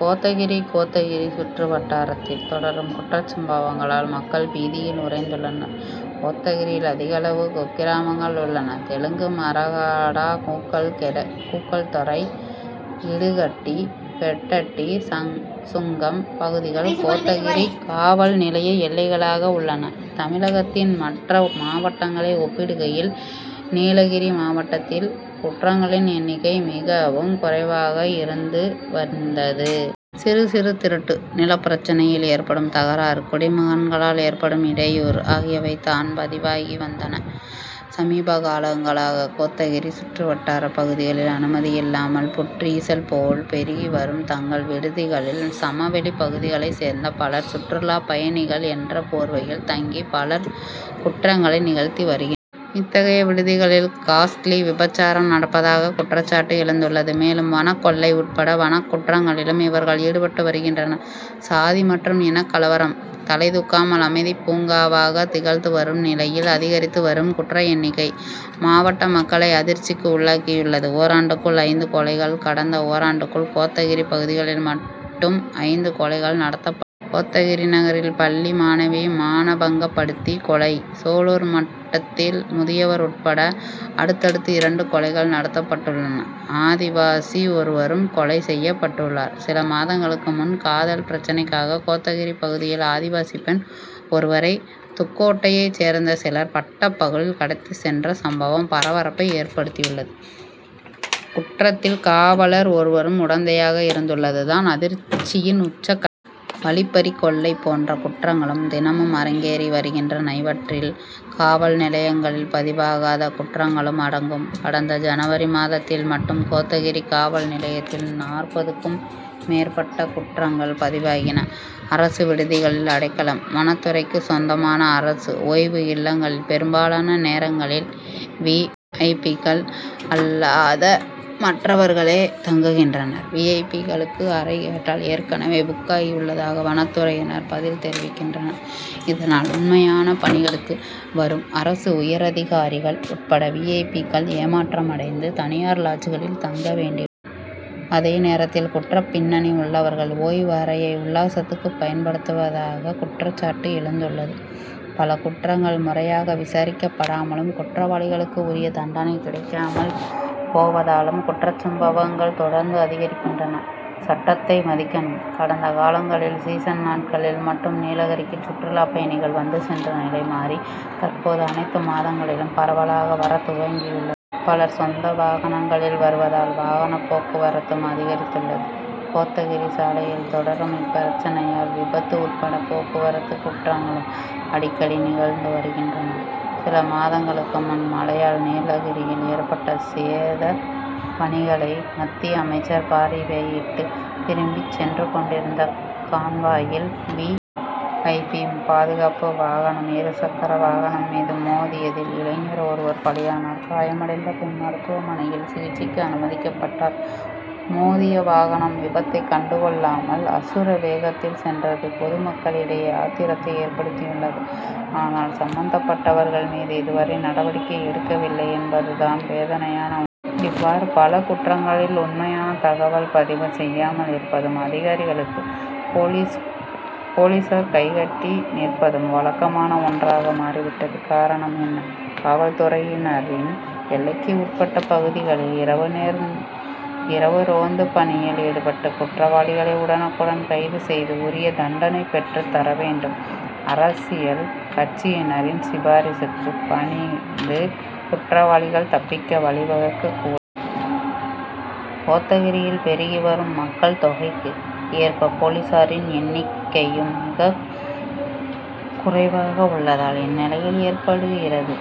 கோத்தகிரி கோத்தகிரி சுற்றுவட்டாரத்தில் தொடரும் குற்றச் சம்பவங்களால், மக்கள் பீதியில் உறைந்துள்ளனர். கோத்தகிரியில் அதிகளவு குக்கிராமங்கள் உள்ளன. தெங்குமரஹாடா, கூக்கல்தொரை, இடுஹட்டி, பெட்டட்டி சுங்கம் பகுதிகள், கோத்தகிரி காவல் நிலைய எல்லைகளாக உள்ளன. தமிழகத்தின் மற்ற மாவட்டங்களை ஒப்பிடுகையில், நீலகிரி மாவட்டத்தில் குற்றங்களின் எண்ணிக்கை மிகவும் குறைவாக இருந்து வந்தது. சிறு, சிறு திருட்டு, நிலப் பிரச்னையில் ஏற்படும் தகராறு, குடிமகன்களால் ஏற்படும் இடையூறு ஆகியவை தான் பதிவாகி வந்தன. சமீப காலங்களாக, கோத்தகிரி சுற்றுவட்டாரப் பகுதிகளில், அனுமதி இல்லாமல் புற்றீசல் போல் பெருகி வரும் தங்கும் விடுதிகளில், சமவெளிப் பகுதிகளை சேர்ந்த பலர், சுற்றுலாப் பயணிகள் என்ற போர்வையில் தங்கி, பல குற்றங்களை நிகழ்த்தி வருகின்றனர். இத்தகைய விடுதிகளில் காஸ்ட்லி விபசாரம் நடப்பதாக குற்றச்சாட்டு எழுந்துள்ளது. மேலும், வனக் கொள்ளை உட்பட வனக்குற்றங்களிலும் இவர்கள் ஈடுபட்டு வருகின்றனர். சாதி மற்றும் இனக்கலவரம் தலைதூக்காமல் அமைதிப் பூங்காவாக திகழ்ந்து வரும் நிலையில், அதிகரித்து வரும் குற்ற எண்ணிக்கை, மாவட்ட மக்களை அதிர்ச்சிக்கு உள்ளாக்கியுள்ளது. ஓராண்டுக்குள் ஐந்து கொலைகள் கடந்த ஓராண்டுக்குள், கோத்தகிரி பகுதிகளில் மட்டும் ஐந்து கொலைகள் நடத்தப்பட்டுள்ளன. கோத்தகிரி நகரில், பள்ளி மாணவி மானபங்கப்படுத்தி கொலை, சோலூர் மட்டத்தில் முதியவர் உட்பட அடுத்தடுத்து இரண்டு கொலைகள் நடத்தப்பட்டுள்ளன; ஆதிவாசி ஒருவரும் கொலை செய்யப்பட்டுள்ளார். சில மாதங்களுக்கு முன், காதல் பிரச்னைக்காக, கோத்தகிரி பகுதியில் ஆதிவாசி பெண் ஒருவரை, துக்கோட்டையை சேர்ந்த சிலர், பட்டப்பகலில் கடத்திச் சென்ற சம்பவம் பரபரப்பை ஏற்படுத்தியது; குற்றத்தில், காவலர் ஒருவரும் உடந்தையாக இருந்துள்ளது தான் அதிர்ச்சியின் உச்சகட்டம். வழிப்பறி, கொள்ளை போன்ற குற்றங்களும் தினமும் அரங்கேறி வருகின்றன; இவற்றில், காவல் நிலையங்களில் பதிவாகாத குற்றங்களும் அடங்கும். கடந்த ஜனவரி மாதத்தில் மட்டும் கோத்தகிரி காவல் நிலையத்தில் நாற்பதுக்கும் மேற்பட்ட குற்றங்கள் பதிவாகின. அரசு விடுதிகளில் அடைக்கலம் வனத்துறைக்கு சொந்தமான அரசு ஓய்வு இல்லங்களில், பெரும்பாலான நேரங்களில் வி. ஐ. பி.,க்கள் அல்லாத மற்றவர்களே தங்குகின்றனர். வி. ஐ. பி.,களுக்கு அறை கேட்டால், ஏற்கனவே புக் ஆகி உள்ளதாக, வனத்துறையினர் பதில் தெரிவிக்கின்றனர். இதனால், உண்மையான பணிகளுக்கு வரும் அரசு உயரதிகாரிகள் உட்பட வி. ஐ. பி.,க்கள் ஏமாற்றமடைந்து, தனியார் லாட்ஜ் களில் தங்க வேண்டியுள்ளது. அதே நேரத்தில், குற்றப் பின்னணி உள்ளவர்கள், ஓய்வு அறையை உல்லாசத்துக்கு பயன்படுத்துவதாகவும் குற்றச்ட்டு எழுந்துள்ளது. பல குற்றங்கள் முறையாக விசாரிக்கப்படாமலும், குற்றவாளிகளுக்கு உரிய தண்டனை கிடைக்காமல் போவதாலும், குற்றச்சம்பவங்கள் தொடர்ந்து அதிகரிக்கின்றன. சட்டத்தை மதிக்கணும் கடந்த காலங்களில், சீசன் நாட்களில் மட்டும் நீலகிரிக்கு சுற்றுலாப் பயணிகள் வந்துச் சென்ற நிலை மாறி, தற்போது, அனைத்து மாதங்களிலும் பரவலாக வரத் துவங்கியுள்ளனர். பலர், சொந்த வாகனங்களில் வருவதால், வாகனப் போக்குவரத்தும் அதிகரித்துள்ளது. கோத்தகிரி சாலையில் தொடரும் இப்பிரச்னையால், விபத்து உட்பட போக்குவரத்து குற்றங்களும் அடிக்கடி நிகழ்ந்து வருகின்றன. சில மாதங்களுக்கு முன், மழையால் நீலகிரியில் ஏற்பட்ட சேதப் பணிகளை மத்திய அமைச்சர் பார்வையிட்டு திரும்பி சென்றுக் கொண்டிருந்த கான்வாயில், வி. ஐ. பி., பாதுகாப்பு வாகனம் இருசக்கர வாகனம் மீது மோதியதில், இளைஞர் ஒருவர் பலியானார். காயமடைந்த பெண், மருத்துவமனையில் சிகிச்சைக்கு அனுமதிக்கப்பட்டார். மோதிய வாகனம், விபத்தை கண்டுகொள்ளாமல், அசுரவேகத்தில் சென்றது பொதுமக்களிடையே ஆத்திரத்தை ஏற்படுத்தியுள்ளது. ஆனால், சம்பந்தப்பட்டவர்கள் மீது இதுவரை நடவடிக்கை எடுக்கவில்லை என்பது தான் வேதனையான உண்மை. இவ்வாறு, பல குற்றங்களில் உண்மையான தகவல் பதிவு செய்யாமல் இருப்பதும், அதிகாரிகளுக்கு, போலீசார் கைகட்டி நிற்பதும், வழக்கமான ஒன்றாக மாறி விட்டது. காரணம் என்ன? காவல் துறையினரின் எல்லைக்கு உட்பட்ட பகுதிகளில், இரவு ரோந்துப் பணியில் ஈடுபட்டு, குற்றவாளிகளை உடனுக்குடன் கைது செய்து உரிய தண்டனை பெற்றுத் தர வேண்டும்; அரசியல் கட்சியினரின் சிபாரிசுக்கு பணிந்து, குற்றவாளிகள் தப்பிக்க வழிவகுக்கக் கூடாது. கோத்தகிரியில் பெருகி வரும் மக்கள் தொகைக்கு ஏற்ப, போலீசாரின் எண்ணிக்கையும் மிகக் குறைவாக உள்ளதால் இந்நிலை ஏற்படுகிறது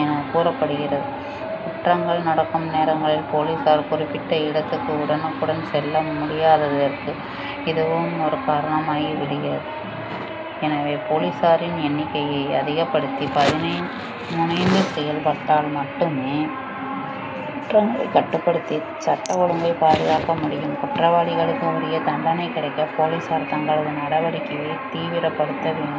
என கூறப்படுகிறது. குற்றங்கள் நடக்கும் நேரங்களில், போலீசார் குறிப்பிட்ட இடத்துக்கு உடனுக்குடன் செல்ல முடியாததற்கு இதுவும் ஒரு காரணமாகி விடுகிறது. எனவே, போலீசாரின் எண்ணிக்கையை அதிகப்படுத்தி, முனைந்து செயல்பட்டால் மட்டுமே, குற்றங்களை கட்டுப்படுத்தி சட்டம் ஒழுங்கை பாதுகாக்க முடியும்; குற்றவாளிகளுக்கு உரிய தண்டனை கிடைக்க, போலீசார் தங்களது நடவடிக்கையை தீவிரப்படுத்த வேண்டும்.